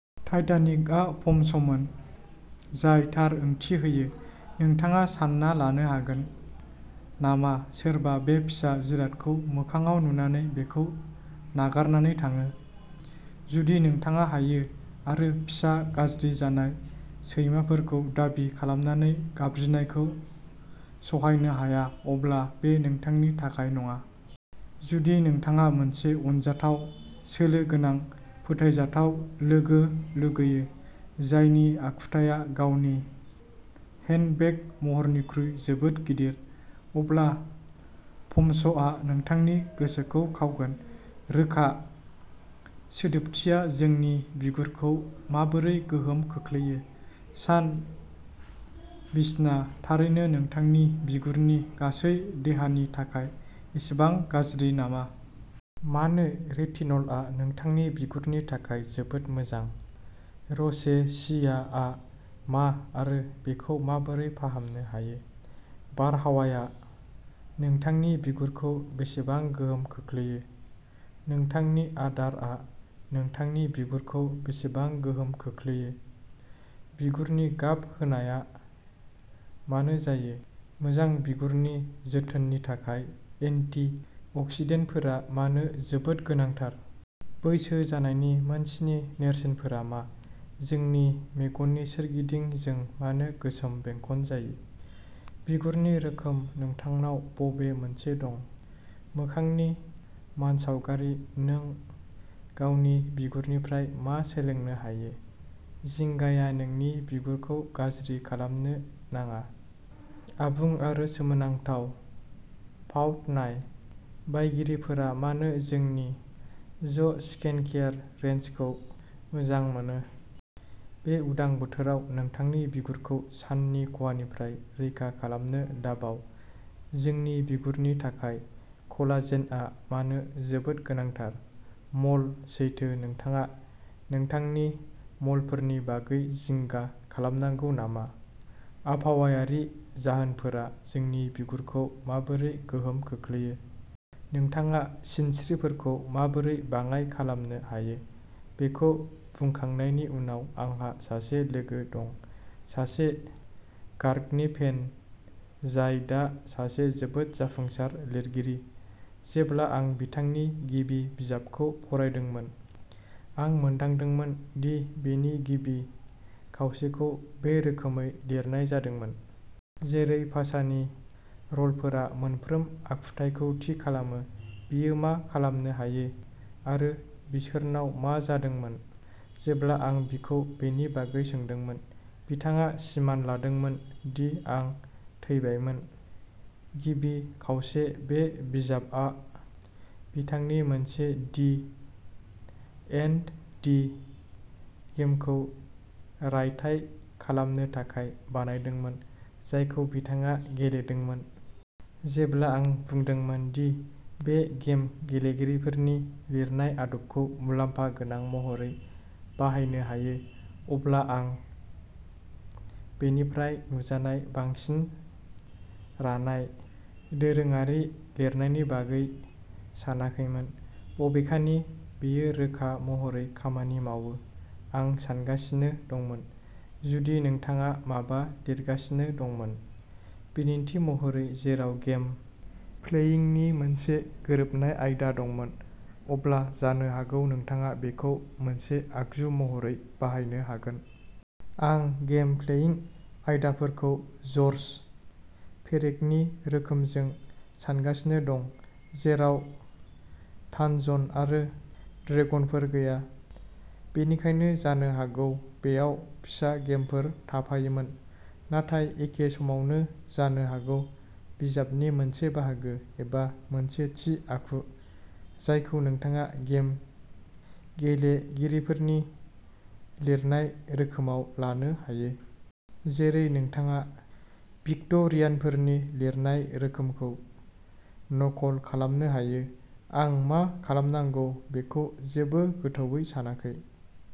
टाइटानिकआ पम्समोन। जाय थार ओंथि होयो। नोंथाङा सानना लानो हागोन नामा सोरबा बे फिसा जिरादखौ मोखांआव नुनानै बेखौ नागारनानै थाङो? जुदि नोंथाङा हायो आरो फिसा गाज्रि जानाय सैमाफोरखौ दाबि खालामनानै गाबज्रिनायखौ सहायनो हाया, अब्ला बे नोंथांनि थाखाय नङा। जुदि नोंथाङा मोनसे अनजाथाव, सोलो गोनां, फोथायजाथाव लोगो लुगैयो जायनि आखुथाया गावनि हेन्डबेग महरनिख्रुइ जोबोद गिदिर, अब्ला पम्सआ नोंथांनि गोसोखौ खावगोन। रोखा। सिदोबथिया जोंनि बिगुरखौ माबोरै गोहोम खोख्लैयो? सान बिसना थारैनो नोंथांनि बिगुरनि गासै देहानि थाखाय एसेबां गाज्रि नामा? मानो रेटिनलआ नोंथांनि बिगुरनि थाखाय जोबोद मोजां? र'सेसियाआ मा आरो बेखौ माबोरै फाहामनो हायो? बारहावाया नोंथांनि बिगुरखौ बेसेबां गोहोम खोख्लैयो? नोंथांनि आदारआ नोंथांनि बिगुरखौ बेसेबां गोहोम खोख्लैयो? बिगुरनि गाब होनाया मानो जायो? मोजां बिगुरनि जोथोननि थाखाय एन्टिअक्सिडेन्टफोरा मानो जोबोद गोनांथार? बैसो जानायनि मोनस्नि नेरसोनफोरा मा? जोंनि मेगननि सोरगिदिं जों मानो गोसोम बेंखन जायो? बिगुरनि रोखोम नोंथांनाव बबे मोनसे दं? मोखांनि मानसावगारि नों गावनि बिगुरनिफ्राय मा सोलोंनो हायो? जिंगाया नोंनि बिगुरखौ गाज्रि खालामनो नाङा आबुं आरो सोमोनांथाव पाउट नाय बायगिरिफोरा मानो जोंनि ज'स्किनकेयार रेन्जखौ मोजां मोनो? बे उदां बोथोराव नोंथांनि बिगुरखौ साननि खहानिफ्राय रैखा खालामनो दाबाव जोंनि बिगुरनि थाखाय कलाजेनआ मानो जोबोद गोनांथार? म'ल सैथो नोंथाङा नोंथांनि म'लफोरनि बागै जिंगा खालामनांगौ नामा? आबहावायारि जाहोनफोरा जोंनि बिगुरखौ माबोरै गोहोम खोख्लैयो? नोंथाङा सिनस्रिफोरखौ माबोरै बाङाय खालामनो हायो? बेखौ बुंखांनायनि उनाव, आंहा सासे लोगो दं, सासे गार्गनि फेन जाय दा सासे जोबोद जाफुंसार लिरगिरि। जेब्ला आं बिथांनि गिबि बिजाबखौ फरायदोंमोन, आं मोनदांदोंमोन दि बेनि गिबि खावसेखौ बे रोखोमै लिरनाय जादोंमोन। जेरै पासानि र'लफोरा मोनफ्रोम आखुथाइखौ थि खालामो, बियो मा खालामनो हायो आरो बिसोरनाव मा जादोंमोन। जेब्ला आं बिखौ बेनि बागै सोंदोंमोन, बिथाङा सिमान लादोंमोन दि आं थैबायमोन। गिबि खावसे बे बिजाबआ बिथांनि मोनसे डी एन्ड डी गेमखौ रायथाइ खालामनो थाखाय बानायदोंमोन, जायखौ बिथाङा गेलेदोंमोन। जेब्ला आं बुंदोंमोन दि बे गेम गेलेगिरिफोरनि लिरनाय आदबखौ मुलाम्फा गोनां महरै बाहायनो हायो, अब्ला आं बेनिफ्राय नुजानाय बांसिन रानाय, दोरोङारि लिरनायनि बागै सानाखैमोन। बबेखानि, बेयो रोखा महरै खामानि मावो। आं सानगासिनो दंमोन, जुदि नोंथाङा माबा लिरगासिनो दंमोन, बिदिन्थि महरै, जेराव गेम प्लेइंगनि मोनसे गोरोबनाय आयदा दंमोन, अब्ला जानो हागौ नोंथाङा बेखौ मोनसे आगजु महरै बाहायनो हागोन। आं गेम प्लेइंग आयदाफोरखौ जर्ज पेरेकनि रोखोमजों सानगासिनो दं, जेराव थानजन आरो ड्रेगनफोर गैया। बेनिखायनो जानो हागौ बेयाव फिसा गेमफोर थाफायोमोन। नाथाय एखे समावनो, जानो हागौ बिजाबनि मोनसे बाहागो, एबा मोनसे थि आखु, जायखौ नोंथाङा गेम गेलेगिरिफोरनि लिरनाय रोखोमाव लानो हायो। जेरै नोंथाङा भिक्ट'रियानफोरनि लिरनाय रोखोमखौ नकल खालामनो हायो। आं मा खालामनांगौ बेखौ जेबो गोथौवै सानाखै।